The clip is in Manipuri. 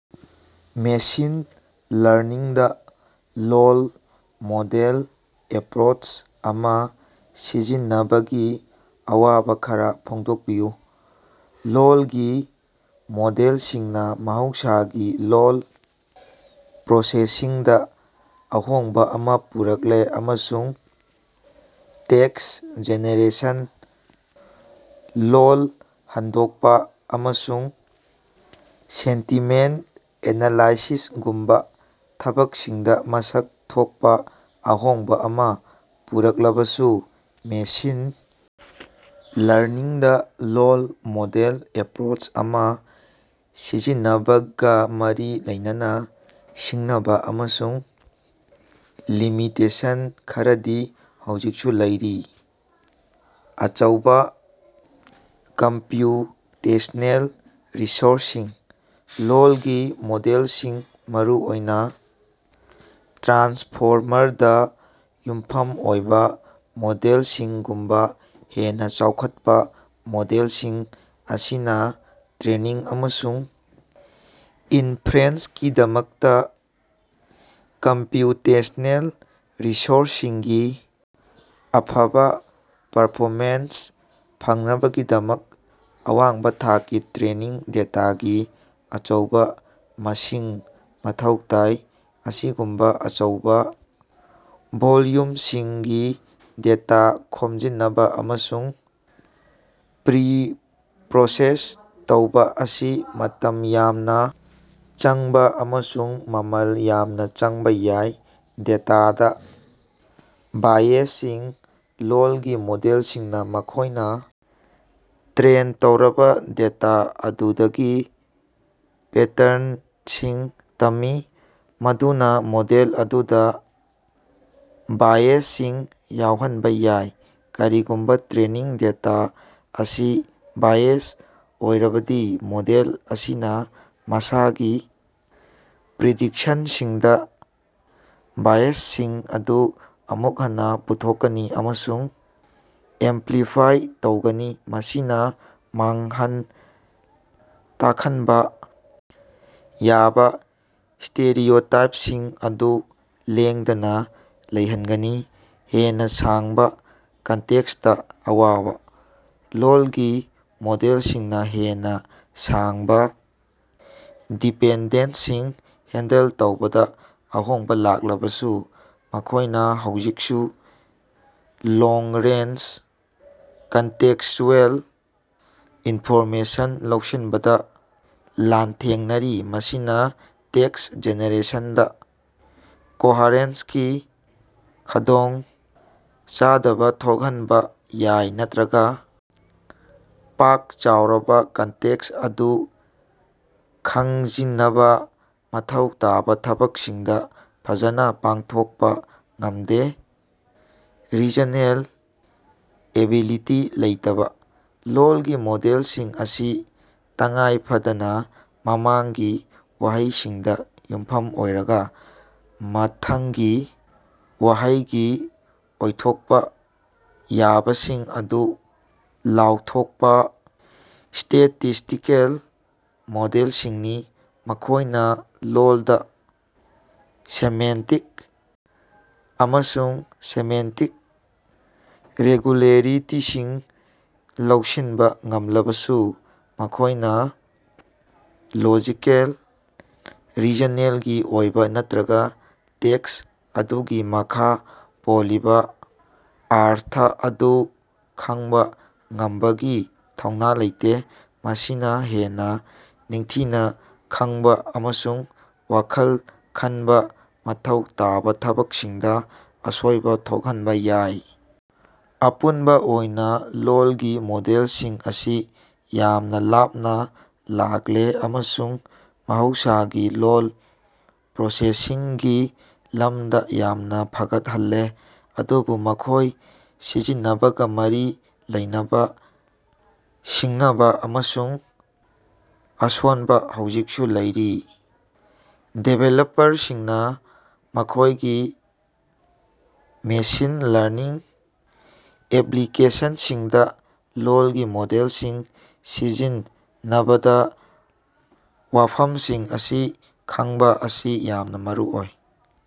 ꯃꯦꯁꯤꯟ ꯂꯔꯅꯤꯡꯗꯥ ꯂꯣꯜ ꯃꯣꯗꯦꯜ ꯑꯦꯄ꯭ꯔꯣꯆ ꯑꯃꯥ ꯁꯤꯖꯤꯟꯅꯕꯒꯤ ꯑꯋꯥꯕꯥ ꯈꯔꯥ ꯐꯣꯡꯗꯣꯛꯄꯤꯌꯨ꯫ ꯂꯣꯜꯒꯤ ꯃꯣꯗꯦꯜꯁꯤꯡꯅꯥ ꯃꯍꯧꯁꯥꯒꯤ ꯂꯣꯜ ꯄ꯭ꯔꯣꯁꯦꯁꯤꯡꯗꯥ ꯑꯍꯣꯡꯕꯥ ꯑꯃꯥ ꯄꯨꯔꯛꯂꯦ ꯑꯃꯁꯨꯡ ꯇꯦꯛꯁ ꯖꯦꯅꯦꯔꯦꯁꯟ, ꯂꯣꯜ ꯍꯟꯗꯣꯀꯄꯥ, ꯑꯃꯁꯨꯡ ꯁꯦꯟꯇꯤꯃꯦꯟꯇ ꯑꯦꯅꯥꯂꯥꯏꯁꯤꯁꯒꯨꯝꯕꯥ ꯊꯕꯀꯁꯤꯡꯗꯥ ꯃꯁꯛ ꯊꯣꯀꯄꯥ ꯑꯍꯣꯡꯕꯥ ꯑꯃꯥ ꯄꯨꯔꯛꯂꯕꯁꯨ, ꯃꯦꯁꯤꯟ ꯂꯔꯅꯤꯡꯗꯥ ꯂꯣꯜ ꯃꯣꯗꯦꯜ ꯑꯦꯄ꯭ꯔꯣꯆ ꯑꯃꯥ ꯁꯤꯖꯤꯟꯅꯕꯒꯥ ꯃꯔꯤ ꯂꯩꯅꯕꯥ ꯁꯤꯡꯅꯕꯥ ꯑꯃꯁꯨꯡ ꯂꯤꯃꯤꯇꯦꯁꯟ ꯈꯔꯗꯤ ꯍꯧꯖꯤꯛꯁꯨ ꯂꯩꯔꯤ꯫ ꯑꯆꯧꯕꯥ ꯀꯝꯄ꯭ꯌꯨꯇꯦꯁ꯭ꯅꯦꯜ ꯔꯤꯁꯣꯔꯁꯁꯤꯡ: ꯂꯣꯜꯒꯤ ꯃꯣꯗꯦꯜꯁꯤꯡ, ꯃꯔꯨꯑꯣꯏꯅꯥ ꯇ꯭ꯔꯥꯟꯁꯐꯣꯔꯃꯔꯗꯥ ꯌꯨꯝꯐꯝ ꯑꯣꯏꯕꯥ ꯃꯣꯗꯦꯜꯁꯤꯡꯒꯨꯝꯕꯥ ꯍꯦꯟꯅꯥ ꯆꯥꯎꯈꯠꯄꯥ ꯃꯣꯗꯦꯜꯁꯤꯡ ꯑꯁꯤꯅꯥ ꯇ꯭ꯔꯦꯅꯤꯡ ꯑꯃꯁꯨꯡ ꯏꯟꯐ꯭ꯔꯦꯟ꯭ꯁꯀꯤꯗꯃꯛꯇꯥ ꯀꯝꯄ꯭ꯌꯨꯇꯦꯁ꯭ꯅꯦꯜ ꯔꯤꯁꯣꯔꯁꯁꯤꯡꯒꯤ ꯑꯐꯕꯥ ꯄꯔꯐꯣꯃꯦꯟꯁ ꯐꯪꯅꯕꯒꯤꯗꯃꯛ ꯑꯋꯥꯡꯕꯥ ꯊꯥꯛꯀꯤ ꯇ꯭ꯔꯦꯅꯤꯡ ꯗꯦꯇꯥꯒꯤ ꯑꯆꯧꯕꯥ ꯃꯁꯤꯡ ꯃꯊꯧ ꯇꯥꯏ꯫ ꯑꯁꯤꯒꯨꯝꯕꯥ ꯑꯆꯧꯕꯥ ꯚꯣꯜꯌꯨꯝꯁꯤꯡꯒꯤ ꯗꯦꯇꯥ ꯈꯣꯝꯖꯤꯅꯕꯥ ꯑꯃꯁꯨꯡ ꯄ꯭ꯔꯤꯄ꯭ꯔꯣꯁꯦꯁ ꯇꯧꯕꯥ ꯑꯁꯤ ꯃꯇꯝ ꯌꯥꯝꯅꯥ ꯆꯪꯕꯥ ꯑꯃꯁꯨꯡ ꯃꯃꯜ ꯌꯥꯝꯅꯥ ꯆꯪꯕꯥ ꯌꯥꯏ꯫ ꯗꯦꯇꯥꯗꯥ ꯕꯥꯏꯑꯦꯖꯁꯤꯡ: ꯂꯣꯜꯒꯤ ꯃꯣꯗꯦꯜꯁꯤꯡꯅꯥ ꯃꯈꯣꯏꯅꯥ ꯇ꯭ꯔꯦꯟ ꯇꯧꯔꯕꯥ ꯗꯦꯇꯥ ꯑꯗꯨꯗꯒꯤ ꯄꯦꯇꯔꯅꯁꯤꯡ ꯇꯝꯃꯤ, ꯃꯗꯨꯅꯥ ꯃꯣꯗꯦꯜ ꯑꯗꯨꯗꯥ ꯕꯥꯏꯑꯦꯖꯁꯤꯡ ꯌꯥꯎꯍꯟꯕꯥ ꯌꯥꯏ꯫ ꯀꯔꯤꯒꯨꯝꯕꯥ ꯇ꯭ꯔꯦꯅꯤꯡ ꯗꯦꯇꯥ ꯑꯁꯤ ꯕꯥꯏꯑꯦꯖ ꯑꯣꯏꯔꯕꯗꯤ, ꯃꯣꯗꯦꯜ ꯑꯁꯤꯅꯥ ꯃꯁꯤꯒꯤ ꯄ꯭ꯔꯤꯗꯤꯛꯁꯟꯁꯤꯡꯗꯥ ꯕꯥꯏꯁꯁꯤꯡ ꯑꯗꯨ ꯑꯃꯨꯛ ꯍꯟꯅꯥ ꯄꯨꯊꯣꯛꯀꯅꯤ ꯑꯃꯁꯨꯡ ꯑꯦꯝꯄ꯭ꯂꯤꯐꯥꯏ ꯇꯧꯒꯅꯤ, ꯃꯁꯤꯅꯥ ꯃꯥꯡꯍꯟ ꯇꯥꯈꯟꯕꯥ ꯌꯥꯕꯥ ꯁ꯭ꯇꯦꯔꯤꯑꯣꯇꯥꯏꯞꯁꯤꯡ ꯑꯗꯨ ꯂꯦꯡꯗꯅꯥ ꯂꯩꯍꯟꯒꯅꯤ꯫ ꯍꯦꯟꯅꯥ ꯁꯥꯡꯕꯥ ꯀꯟꯇꯦꯛꯁꯇꯥ ꯑꯋꯥꯕꯥ: ꯂꯣꯜꯒꯤ ꯃꯣꯗꯦꯜꯁꯤꯡꯅꯥ ꯍꯦꯟꯅꯥ ꯁꯥꯡꯕꯥ ꯗꯤꯄꯦꯟꯗꯦꯟ꯭ꯁꯁꯤꯡ ꯍꯦꯟꯗꯜ ꯇꯧꯕꯗꯥ ꯑꯍꯣꯡꯕꯥ ꯂꯥꯛꯂꯕꯁꯨ, ꯃꯈꯣꯌꯅꯥ ꯍꯧꯖꯤꯛꯁꯨ ꯂꯣꯡ-ꯔꯦꯟꯖ ꯀꯟꯇꯦꯛ꯭ꯁꯆꯨꯑꯦꯜ ꯏꯅꯐꯣꯔꯃꯦꯁꯟ ꯂꯧꯁꯤꯟꯕꯗꯥ ꯂꯥꯟꯊꯦꯡꯅꯔꯤ꯫ ꯃꯁꯤꯅꯥ ꯇꯦꯛꯁ ꯖꯦꯅꯦꯔꯦꯁꯟꯗꯥ ꯀꯣꯍꯔꯦꯟꯁꯀꯤ ꯈꯗꯣꯡ ꯆꯗꯕꯊꯣꯛꯍꯟꯕꯥ ꯌꯥꯏ ꯅꯠꯇ꯭ꯔꯒꯥ ꯄꯥꯛ-ꯆꯥꯎꯔꯕꯥ ꯀꯟꯇꯦꯛ꯭ꯁ ꯑꯗꯨ ꯈꯪꯖꯤꯅꯕꯥ ꯃꯊꯧ ꯇꯥꯕꯥ ꯊꯕꯛꯁꯤꯡꯗꯥ ꯐꯖꯅꯥ ꯄꯥꯡꯊꯣꯀꯄꯥ ꯉꯝꯗꯦ꯫ ꯔꯤꯖꯅꯦꯜ ꯑꯦꯕꯤꯂꯤꯇꯤ ꯂꯩꯇꯕꯥ: ꯂꯣꯜꯒꯤ ꯃꯣꯗꯦꯜꯁꯤꯡ ꯑꯁꯤ ꯇꯉꯥꯏ ꯐꯗꯅꯥ ꯃꯃꯥꯡꯒꯤ ꯋꯥꯍꯩꯁꯤꯡꯗꯥ ꯌꯨꯝꯐꯝ ꯑꯣꯏꯔꯒꯥ ꯃꯊꯪꯒꯤ ꯋꯥꯍꯩꯒꯤ ꯑꯣꯏꯊꯣꯛꯄꯥ ꯌꯥꯕꯁꯤꯡ ꯑꯗꯨ ꯂꯥꯎꯊꯣꯀꯄꯥ ꯁ꯭ꯇꯦꯇꯤꯁꯇꯤꯀꯦꯜ ꯃꯣꯗꯦꯜꯁꯤꯡꯅꯤ꯫ ꯃꯈꯣꯏꯅꯥ ꯂꯣꯟꯗꯥ ꯁꯦꯃꯦꯟꯇꯤꯛ ꯑꯃꯁꯨꯡ ꯁꯤꯟꯇꯦꯛꯇꯤꯛ ꯔꯦꯒꯨꯂꯦꯔꯤꯇꯤꯁꯤꯡ ꯂꯧꯁꯤꯟꯕꯥ ꯉꯝꯂꯕꯁꯨ, ꯃꯈꯣꯏꯅꯥ ꯂꯣꯖꯤꯀꯦꯜ ꯔꯤꯖꯅꯦꯜꯒꯤ ꯑꯣꯏꯕꯥ ꯅꯠꯇ꯭ꯔꯒꯥ ꯇꯦꯛꯁ ꯑꯗꯨꯒꯤ ꯃꯈꯥ ꯄꯣꯜꯂꯤꯕꯥ ꯑꯔꯊ ꯑꯗꯨ ꯈꯡꯕꯥ ꯉꯝꯕꯒꯤ ꯊꯧꯅꯥ ꯂꯩꯇꯦ꯫ ꯃꯁꯤꯅꯥ ꯍꯦꯟꯅꯥ ꯅꯤꯡꯊꯤꯅꯥ ꯈꯡꯕꯥ ꯑꯃꯁꯨꯡ ꯋꯥꯈꯜ ꯈꯟꯕꯥ ꯃꯊꯧ ꯇꯥꯕꯥ ꯊꯕꯛꯁꯤꯡꯗꯥ ꯑꯁꯣꯏꯕꯥ ꯊꯣꯛꯍꯟꯕꯥ ꯌꯥꯏ꯫ ꯑꯄꯨꯟꯕꯥ ꯑꯣꯏꯅꯥ, ꯂꯣꯜꯒꯤ ꯃꯣꯗꯦꯜꯁꯤꯡ ꯑꯁꯤ ꯌꯥꯝꯅꯥ ꯂꯥꯞꯅꯥ ꯂꯥꯛꯂꯦ ꯑꯃꯁꯨꯡ ꯃꯍꯧꯁꯥꯒꯤ ꯂꯣꯜ ꯄ꯭ꯔꯣꯁꯦꯁꯤꯡꯒꯤ ꯂꯝꯗꯥ ꯌꯥꯝꯅꯥ ꯐꯒꯠꯍꯜꯂꯦ, ꯑꯗꯨꯕꯨ ꯃꯈꯣꯏ ꯁꯤꯖꯤꯟꯅꯕꯒꯥ ꯃꯔꯤ ꯂꯩꯅꯕꯥ ꯁꯤꯡꯅꯕꯥ ꯑꯃꯁꯨꯡ ꯑꯁꯣꯟꯕ ꯍꯧꯖꯤꯀꯁꯨ ꯂꯩꯔꯤ꯫ ꯗꯤꯕꯦꯂꯞꯄꯔꯁꯤꯡꯅꯥ ꯃꯈꯣꯏꯒꯤ ꯃꯦꯁꯤꯟ ꯂꯔꯅꯤꯡ ꯑꯦꯞꯂꯤꯀꯦꯁꯟꯁꯤꯡꯗꯥ ꯂꯣꯜꯒꯤ ꯃꯣꯗꯦꯜꯁꯤꯡ ꯁꯤꯖꯤꯟꯅꯕꯗꯥ ꯋꯥꯐꯝꯁꯤꯡ ꯑꯁꯤ ꯈꯡꯕꯥ ꯑꯁꯤ ꯌꯥꯝꯅꯥ ꯃꯔꯨꯑꯣꯏ꯫